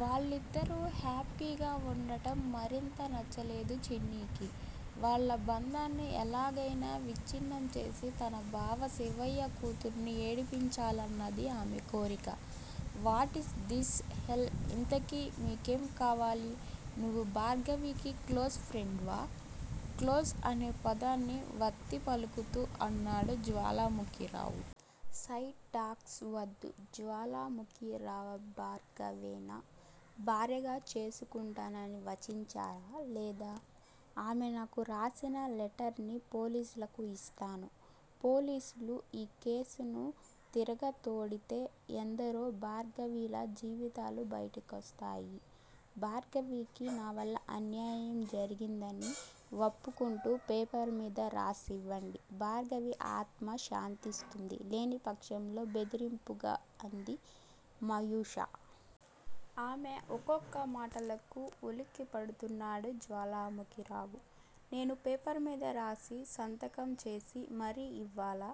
వాళ్ళిద్దరూ హ్యాపీగా వుండడం మరింత నచ్చలేదు చిన్నికి. వాళ్ళ బంధాన్ని ఎలాగయినా విచ్చిన్నం చేసి తన బావ శివయ్య కూతురిని ఏడిపించాలన్నది ఆమె కోరిక. వాటీజ్ దిస్ హెల్ ఇంతకీ మీకేం కావాలి నువ్వు భార్గవికి క్లోజ్ ఫ్రెండ్ వా? క్లోజ్ అనే పదాన్ని వత్తి పలుకుతూ అన్నాడు జ్వాలాముఖిరావు. సైడ్ టాక్స్ వద్దు జ్వాలాముఖిరావ్భా ర్గవినే భార్యగా చేసుకుంటానని వంచించారా లేదా? ఆమె నాకు రాసిన లెటర్ ని పోలీసులకు ఇస్తాను. పోలీసులు ఈ కేసుని తిరగతోడితే ఎందరో భార్గవిల జీవితాలు బయటకొస్తాయి. భార్గవికి నావల్ల అన్యాయం జరిగిందని వప్పుకుంటూ పేపర్ మీద రాసివ్వండి. భార్గవి ఆత్మ శాంతిస్తుంది లేనిపక్షంలో బెదిరింపుగా అంది మయూష. ఆమె ఒక్కొక్క మాటలకు వులిక్కిపడుతున్నాడు జ్వాలాముఖిరావు. నేను పేపర్ మీద రాసి సంతకం చేసి మరీ ఇవ్వాలా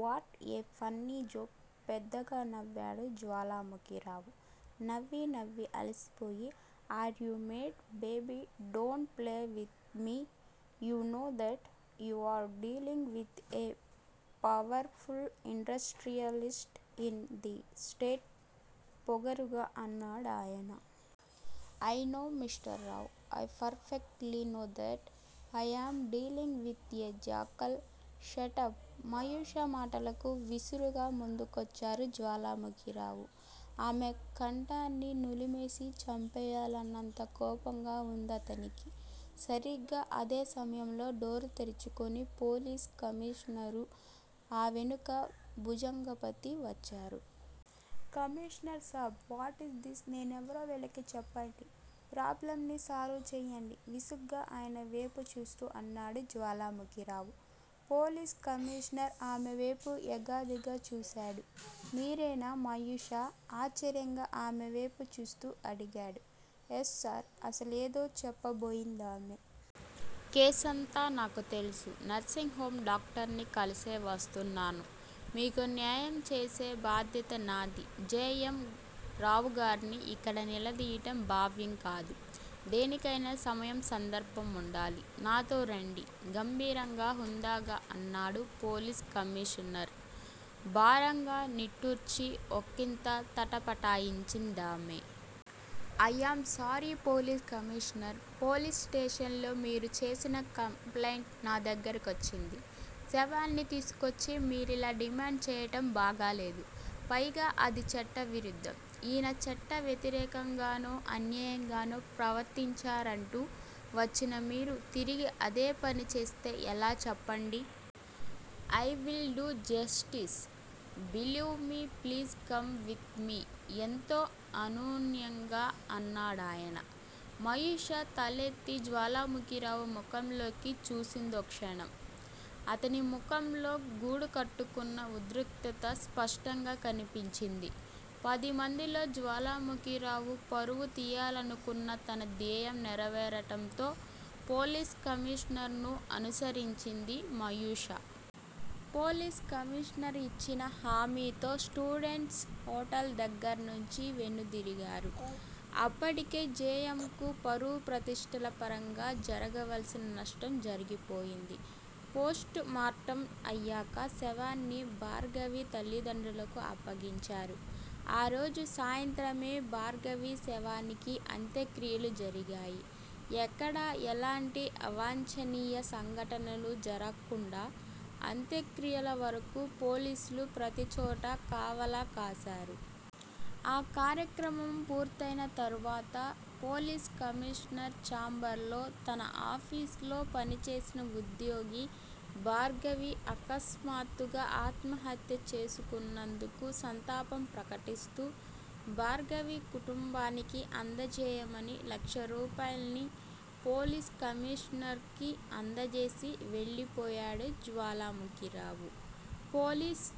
వాట్ ఏ ఫన్నీ జోక్ పెద్దగా నవ్వాడు జ్వాలాముఖిరావు. నవ్వి, నవ్వి అలిసిపోయి are you mad baby don't play with me you know that you are dealing with a powerful industrialists in the state పొగరుగా అన్నాడాయన. I know mister Rao! I perfectly know that I am dealing with a jackal ష ట ప్ మయూష మాటకు విసురుగా ముందుకొచ్చారు జ్వాలాముఖిరావు. ఆమె కంఠాన్ని నులిమేసి చంపెయ్యాలన్నంత కోపంగా ఉందతనికి. సరిగ్గా అదే సమయంలో డోర్ తెరుచుకుని పోలీసు కమీషనరు, ఆ వెనుక భుజంగపతి వచ్చారు. కమీషనర్ సాబ్ వాటీజ్ దిస్ నేనెవరో వీళ్ళకు చెప్పండి. ప్రాబ్లమ్ ని సాల్వ్ చేయండి విసుగ్గా ఆయన వేపు చూస్తూ అన్నాడు జ్వాలాముఖిరావు. పోలీస్ కమీషనర్ ఆమె వేపు ఎగాదిగా చూశాడు. మీరేనా మయూష? ఆశ్చర్యంగా ఆమె వేపు చూస్తూ అడిగాడు. Yes sir. అసలు ఏదో చెప్పబోయిందామె. కేసంతా నాకు తెలుసు నర్సింగ్ హోమ్ డాక్టర్ని కలిసే వస్తున్నాను. మీకు న్యాయం చేసే బాధ్యత నాది జె. ఎం. రావుగార్ని యిక్కడ నిలదీయడం భావ్యం కాదు. దేనికయినా సమయం, సందర్భముండాలి. నాతో రండి గంభీరంగా, హుందాగా అన్నాడు పోలీస్ కమీషనర్. భారంగా నిట్టూర్చి ఒకింత తటపటాయించిందామె. I am sorry police commissioner. Police station లో మీరు చేసిన కంప్లయింట్ నా దగ్గిర కొచ్చింది. శవాన్ని తీసుకొచ్చి మీరిలా డిమాండ్ చేయడం బాగాలేదు. పైగా అది చట్ట విరుద్దం. ఈయన చట్ట వ్యతిరేకం గానో, అన్యాయంగానో ప్రవర్తించారంటూ వచ్చిన మీరు తిరిగి అదే పనిచేస్తే ఎలా చెప్పండి? I will do justice, believe me please come with me ఎంతో అనునయంగా అన్నాడాయన. మయూష తలెత్తి జ్వాలాముఖిరావు ముఖంలోకి చూసిందోక్షణం. అతని మొహంలో గూడుకట్టుకున్న ఉద్రిక్తత స్పష్టంగా కనిపించింది. పదిమందిలో జ్వాలాముఖిరావు పరువు తీయాలనుకున్న తన ద్యేయం నెరవేరటంతో, పోలీస్ కమీషనర్ ను అనుసరించింది మయూష. పోలీస్ కమీషనర్ ఇచ్చిన హామీతో స్టూడెంట్స్ హోటల్ దగ్గిర నుంచి వెనుదిరిగారు. అప్పటికే జె. యమ్ కు పరువు ప్రతిష్టల పరంగా జరగవలసిన నష్టం జరిగిపోయింది. పోస్టుమార్టమ్ అయ్యాక శవాన్ని భార్గవి తల్లిదండ్రులకు అప్పగించారు. ఆ రోజు సాయంత్రమే భార్గవి శవానికి అంత్యక్రియలు జరిగాయి. ఎక్కడా ఎలాంటి అవాంఛనీయ సంఘటనలు జరక్కుండా అంత్యక్రియల వరకూ పోలీసులు ప్రతీచోటా కావలా కాసారు. ఆ కార్యక్రమం పూర్తయిన తర్వాత- పోలీస్ కమీషనర్ చాంబర్ లో తన ఆఫీసులో పని చేసిన ఉద్యోగి భార్గవి అకస్మాత్తుగా ఆత్మహత్యా చేసుకున్నందుకు సంతాపం ప్రకటిస్తూ భార్గవి కుటుంబానికి అందజేయమని లక్షరూపాయల్ని పోలీస్ కమీషనర్ కి అందజేసి వెళ్ళిపోయాడు జ్వాలాముఖిరావు. పోలీస్